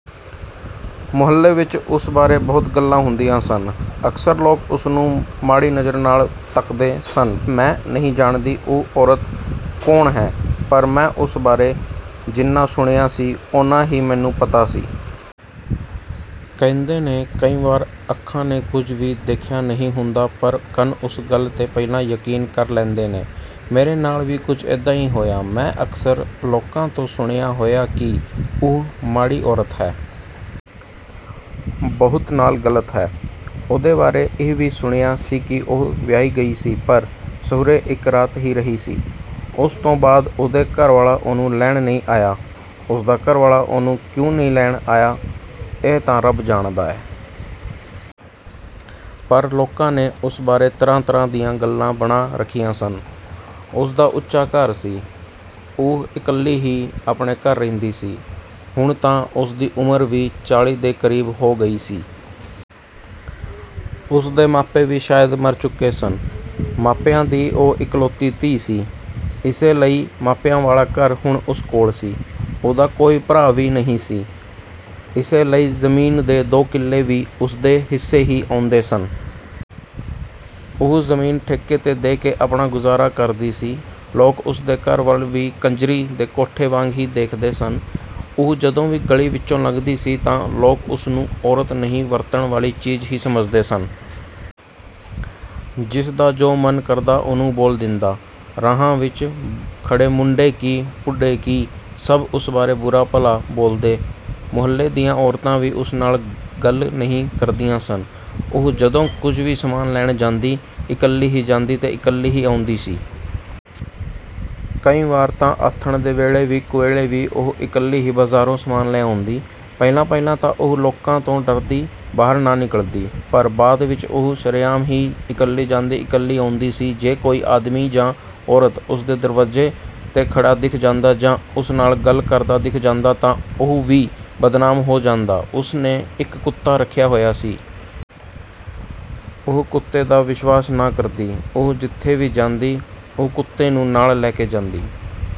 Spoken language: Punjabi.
ਮੁਹੱਲੇ ਵਿੱਚ ਉਸ ਬਾਰੇ ਬਹੁਤ ਗੱਲਾਂ ਹੁੰਦੀਆਂ ਸਨ। ਅਕਸਰ ਲੋਕ ਉਸ ਨੂੰ ਮਾੜੀ ਨਜ਼ਰ ਨਾਲ਼ ਤੱਕਦੇ ਸਨ। ਮੈਂ ਨਹੀਂ ਜਾਣਦੀ ਉਹ ਔਰਤ ਕੌਣ ਹੈ ਪਰ ਮੈਂ ਉਸ ਬਾਰੇ ਜਿੰਨਾ ਸੁਣਿਆ ਸੀ ਓਨਾ ਹੀ ਮੈਨੂੰ ਪਤਾ ਸੀ। ਕਹਿੰਦੇ ਨੇ ਕਈ ਵਾਰ ਅੱਖਾਂ ਨੇ ਕੁਝ ਵੀ ਦੇਖਿਆ ਨਹੀਂ ਹੁੰਦਾ ਪਰ ਕੰਨ ਉਸ ਗੱਲ 'ਤੇ ਪਹਿਲਾਂ ਯਕੀਨ ਕਰ ਲੈਂਦੇ ਨੇ। ਮੇਰੇ ਨਾਲ਼ ਵੀ ਕੁਝ ਇਦਾਂ ਹੀ ਹੋਇਆ। ਮੈਂ ਅਕਸਰ ਲੋਕਾਂ ਤੋਂ ਸੁਣਿਆ ਹੋਇਆ ਕਿ ਉਹ ਮਾੜੀ ਔਰਤ ਹੈ। ਬਹੁਤ ਨਾਲ਼ ਗ਼ਲਤ ਹੈ… ਉਹਦੇ ਬਾਰੇ ਇਹ ਵੀ ਸੁਣਿਆ ਸੀ ਕਿ ਉਹ ਵਿਆਹੀ ਗਈ ਸੀ ਪਰ ਸਹੁਰੇ ਇੱਕ ਰਾਤ ਹੀ ਰਹੀ ਸੀ। ਉਸ ਤੋਂ ਬਾਅਦ ਉਹਦੇ ਘਰ ਵਾਲਾ ਉਹਨੂੰ ਲੈਣ ਨਹੀਂ ਆਇਆ… ਉਸ ਦਾ ਘਰ ਵਾਲਾ ਉਹਨੂੰ ਕਿਉਂ ਨਹੀਂ ਲੈਣ ਆਇਆ ਇਹ ਤਾਂ ਰੱਬ ਜਾਣਦਾ ਹੈ। ਪਰ ਲੋਕਾਂ ਨੇ ਉਸ ਬਾਰੇ ਤਰ੍ਹਾਂ-ਤਰ੍ਹਾਂ ਦੀਆਂ ਗੱਲਾਂ ਬਣਾ ਰੱਖੀਆਂ ਸਨ। ਉਸ ਦਾ ਉੱਚਾ ਘਰ ਸੀ। ਉਹ ਇਕੱਲੀ ਹੀ ਆਪਣੇ ਘਰ ਰਹਿੰਦੀ ਸੀ। ਹੁਣ ਤਾਂ ਉਸ ਦੀ ਉਮਰ ਵੀ ਚਾਲੀ ਦੇ ਕਰੀਬ ਹੋ ਗਈ ਸੀ। ਉਸ ਦੇ ਮਾਪੇ ਵੀ ਸ਼ਾਇਦ ਮਰ ਚੁੱਕੇ ਸਨ। ਮਾਪਿਆਂ ਦੀ ਉਹ ਇੱਕਲੌਤੀ ਧੀ ਸੀ। ਇਸੇ ਲਈ ਮਾਪਿਆਂ ਵਾਲਾ ਘਰ ਹੁਣ ਉਸ ਕੋਲ ਸੀ। ਉਹਦਾ ਕੋਈ ਭਰਾ ਵੀ ਨਹੀਂ ਸੀ। ਇਸੇ ਲਈ ਜ਼ਮੀਨ ਦੇ ਦੋ ਕਿੱਲੇ ਵੀ ਉਸ ਦੇ ਹਿੱਸੇ ਹੀ ਆਉਂਦੇ ਸਨ। ਉਹ ਜ਼ਮੀਨ ਠੇਕੇ 'ਤੇ ਦੇ ਕੇ ਆਪਣਾ ਗੁਜ਼ਾਰਾ ਕਰਦੀ ਸੀ। ਲੋਕ ਉਸ ਦੇ ਘਰ ਵੱਲ ਵੀ ਕੰਜਰੀ ਦੇ ਕੋਠੇ ਵਾਂਗ ਹੀ ਦੇਖਦੇ ਸਨ। ਉਹ ਜਦੋਂ ਵੀ ਗਲ਼ੀ ਵਿੱਚੋਂ ਲੰਘਦੀ ਸੀ ਤਾਂ ਲੋਕ ਉਸ ਨੂੰ ਔਰਤ ਨਹੀਂ ਵਰਤਣ ਵਾਲੀ ਚੀਜ਼ ਹੀ ਸਮਝਦੇ ਸਨ। ਜਿਸ ਦਾ ਜੋ ਮਨ ਕਰਦਾ ਉਹਨੂੰ ਬੋਲ ਦਿੰਦਾ। ਰਾਹਾਂ ਵਿੱਚ ਖੜੇ ਮੁੰਡੇ ਕੀ ਬੁੱਢੇ ਕੀ ਸਭ ਉਸ ਬਾਰੇ ਬੁਰਾ-ਭਲਾ ਬੋਲਦੇ। ਮੁਹੱਲੇ ਦੀਆਂ ਔਰਤਾਂ ਵੀ ਉਸ ਨਾਲ਼ ਗੱਲ ਨਹੀਂ ਕਰਦੀਆਂ ਸਨ। ਉਹ ਜਦੋਂ ਕੁਝ ਵੀ ਸਮਾਨ ਲੈਣ ਜਾਂਦੀ, ਇੱਕਲੀ ਹੀ ਜਾਂਦੀ ਤੇ ਇੱਕਲੀ ਹੀ ਆਉਂਦੀ ਸੀ। ਕਈ ਵਾਰ ਤਾਂ ਆਥਣ ਦੇ ਵੇਲੇ ਵੀ ਕੁਵੇਲੇ ਵੀ ਉਹ ਇੱਕਲੀ ਹੀ ਬਾਜ਼ਾਰੋਂ ਸਮਾਨ ਲੈ ਆਉਂਦੀ। ਪਹਿਲਾਂ-ਪਹਿਲਾਂ ਤਾਂ ਉਹ ਲੋਕਾਂ ਤੋਂ ਡਰਦੀ ਬਾਹਰ ਨਾ ਨਿਕਲਦੀ। ਪਰ ਬਾਅਦ ਵਿੱਚ ਉਹ ਸ਼ਰੇਆਮ ਹੀ ਇੱਕਲੀ ਜਾਂਦੀ ਇੱਕਲੀ ਆਉਂਦੀ ਸੀ… ਜੇ ਕੋਈ ਆਦਮੀ ਜਾਂ ਔਰਤ ਉਸ ਦੇ ਦਰਵਾਜ਼ੇ 'ਤੇ ਖੜਾ ਦਿਖ ਜਾਂਦਾ ਜਾਂ ਉਸ ਨਾਲ਼ ਗੱਲ ਕਰਦਾ ਦਿੱਖ ਜਾਂਦਾ ਤਾਂ ਉਹ ਵੀ ਬਦਨਾਮ ਹੋ ਜਾਂਦਾ… ਉਸ ਨੇ ਇੱਕ ਕੁੱਤਾ ਰੱਖਿਆ ਹੋਇਆ ਸੀ। ਉਹ ਕੁੱਤੇ ਦਾ ਵਿਸ਼ਵਾਸ ਨਾ ਕਰਦੀ। ਉਹ ਜਿੱਥੇ ਵੀ ਜਾਂਦੀ ਉਹ ਕੁੱਤੇ ਨੂੰ ਨਾਲ਼ ਲੈ ਕੇ ਜਾਂਦੀ।